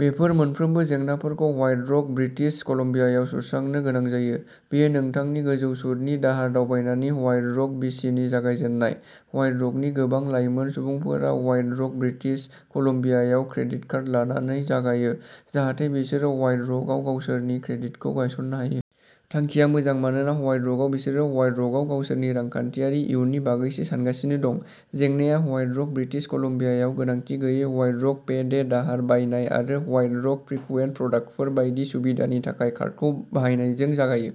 बेफोर मोनफ्रोमबो जेंनाफोरखौ व्हाइट रक ब्रिटिश कलम्बियायाव सुस्रांनो गोनां जायो। बेयो नोंथांनि गोजौ सुतनि दाहार दावबायनायनि व्हाइट रक बिसिनि जागायजेन्नाय। व्हाइट रकनि गोबां लाइमोन सुबुंफोरा White Rock British credit card कार्ड लानानै जागायो, जाहाथे बिसोरो व्हाइट रकआव गावसोरनि क्रेडिटखौ गायसननो हायो। थांखिया मोजां मानोना व्हाइट रकआव बिसोरो व्हाइट रकआव गावसोरनि रांखान्थियारि इयुननि बागैसो सानगासिनो दं। जेंनाया व्हाइट रक ब्रिटिश कलम्बियायाव गोनांथि गैयै व्हाइट रक पे डे दाहार बायनाय आरो व्हाइट रक फ्रिकुवेन्ट प्रडाक्टफोर बायदि सुबिदानि थाखाय कार्डखौ बाहायनायजों जागायो।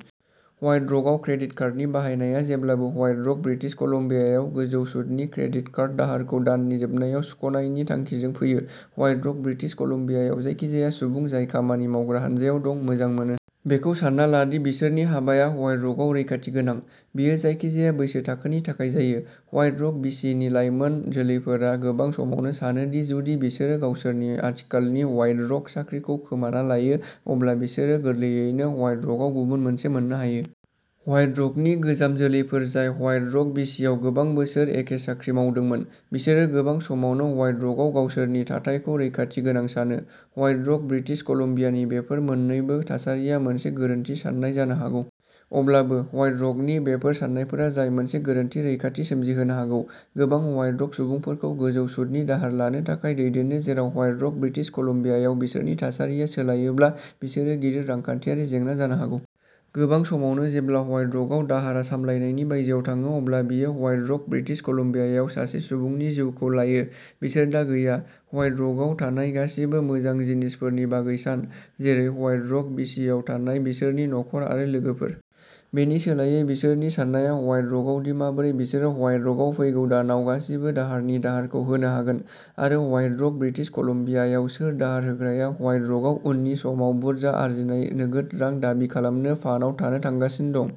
व्हाइट रकआव क्रेडिट कार्डनि बाहायनाया जेब्लाबो व्हाइट रक ब्रिटिश कलम्बियायाव गोजौ सुतनि क्रेडिट कार्ड दाहारखौ दाननि जोबनायाव सुख'नायनि थांखिजों फैयो। व्हाइट रक ब्रिटिश कलम्बियायाव जायखिजाया सुबुं जाय खामानि मावग्रा हान्जायाव दं, मोजां मोनो। बेखौ सानना ला दि बिसोरनि हाबाया व्हाइट रकआव रैखाथि गोनां। बेयो जायखिजाया बैसो थाखोनि थाखाय जायो। व्हाइट रक बिसिनि लाइमोन जोलैफोरा गोबां समावनो सानो दि जुदि बिसोर गावसोरनि आथिखालनि व्हाइट रक साख्रिखौ खोमाना लायो अब्ला बिसोरो गोरलैयैनो व्हाइट रकआव गुबुन मोनसे मोन्नो हायो। व्हाइट रकनि गोजाम जोलैफोर जाय व्हाइट रक बिसिआव गोबां बोसोर एखे साख्रि मावदोंमोन, बिसोरो गोबां समावनो व्हाइट रकआव गावसोरनि थाथायखौ रैखाथि गोनां सानो। व्हाइट रक ब्रिटिश कलम्बियानि बेफोर मोननैबो थासारिया मोनसे गोरोन्थि साननाय जानो हागौ। अब्लाबो, व्हाइट रकनि बेफोर सान्नायफोरा जाय मोनसे गोरोन्थि रैखाथि सोमजिहोनो हागौ, गोबां व्हाइट रक सुबुंफोरखौ गोजौ सुतनि दाहार लानो थाखाय दैदेनो जेराव व्हाइट रक ब्रिटिश कलम्बियायाव बिसोरनि थासारिया सोलायोब्ला बिसोरो गिदिर रांखान्थियारि जेंना जानो हागौ। गोबां समावनो जेब्ला व्हाइट रकआव दाहारआ सामलायनायनि बायजोआव थाङो अब्ला बेयो व्हाइट रक ब्रिटिश कलम्बियायाव सासे सुबुंनि जिउखौ लायो। बिसोर दा गैया। व्हाइट रकआव थानाय गासिबो मोजां जिनिसफोरनि बागै सान, जेरै व्हाइट रक बिसिआव थानाय बिसोरनि नखर आरो लोगोफोर। बेनि सोलायै बिसोरनि साननाया व्हाइट रकआव दि माबोरै बिसोरो व्हाइट रकआव फैगौ दानाव गासिबो दाहारनि दाहारखौ होनो हागोन, आरो व्हाइट रक ब्रिटिश कलम्बियायाव सोर दाहार होग्राया व्हाइट रकआव उननि समाव बुरजा आरजिनाय नोगोद रां दाबि खालामनो फनआव थानो थांगासिनो दं।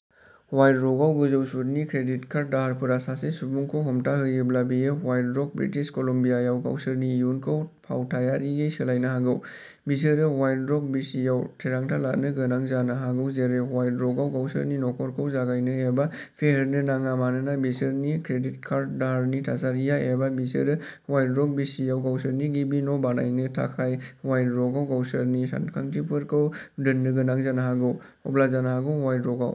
व्हाइट रकआव गोजौ सुतनि क्रेडिट कार्ड दाहारफोरा सासे सुबुंखौ हमथाहोयोब्ला बेयो व्हाइट रक ब्रिटिश कलम्बियायाव गावसोरनि इयुनखौ फावथायारियै सोलायनो हागौ। बिसोरो व्हाइट रक बिसिआव थिरांथा लानो गोनां जानो हागौ जेरै व्हाइट रकआव गावसोरनि नखरखौ जागायनो एबा फेहेरनो नाङा मानोना बिसोरनि क्रेडिट कार्ड दाहारनि थासारिया एबा बिसोरो व्हाइट रक बिसिआव गावसोरनि गिबि न' बायनो थाखाय व्हाइट रकआव गावसोरनि सानथांखिफोरखौ दोननो गोनां जानो हागौ। अब्ला जानो हागौ व्हाइट रकआव।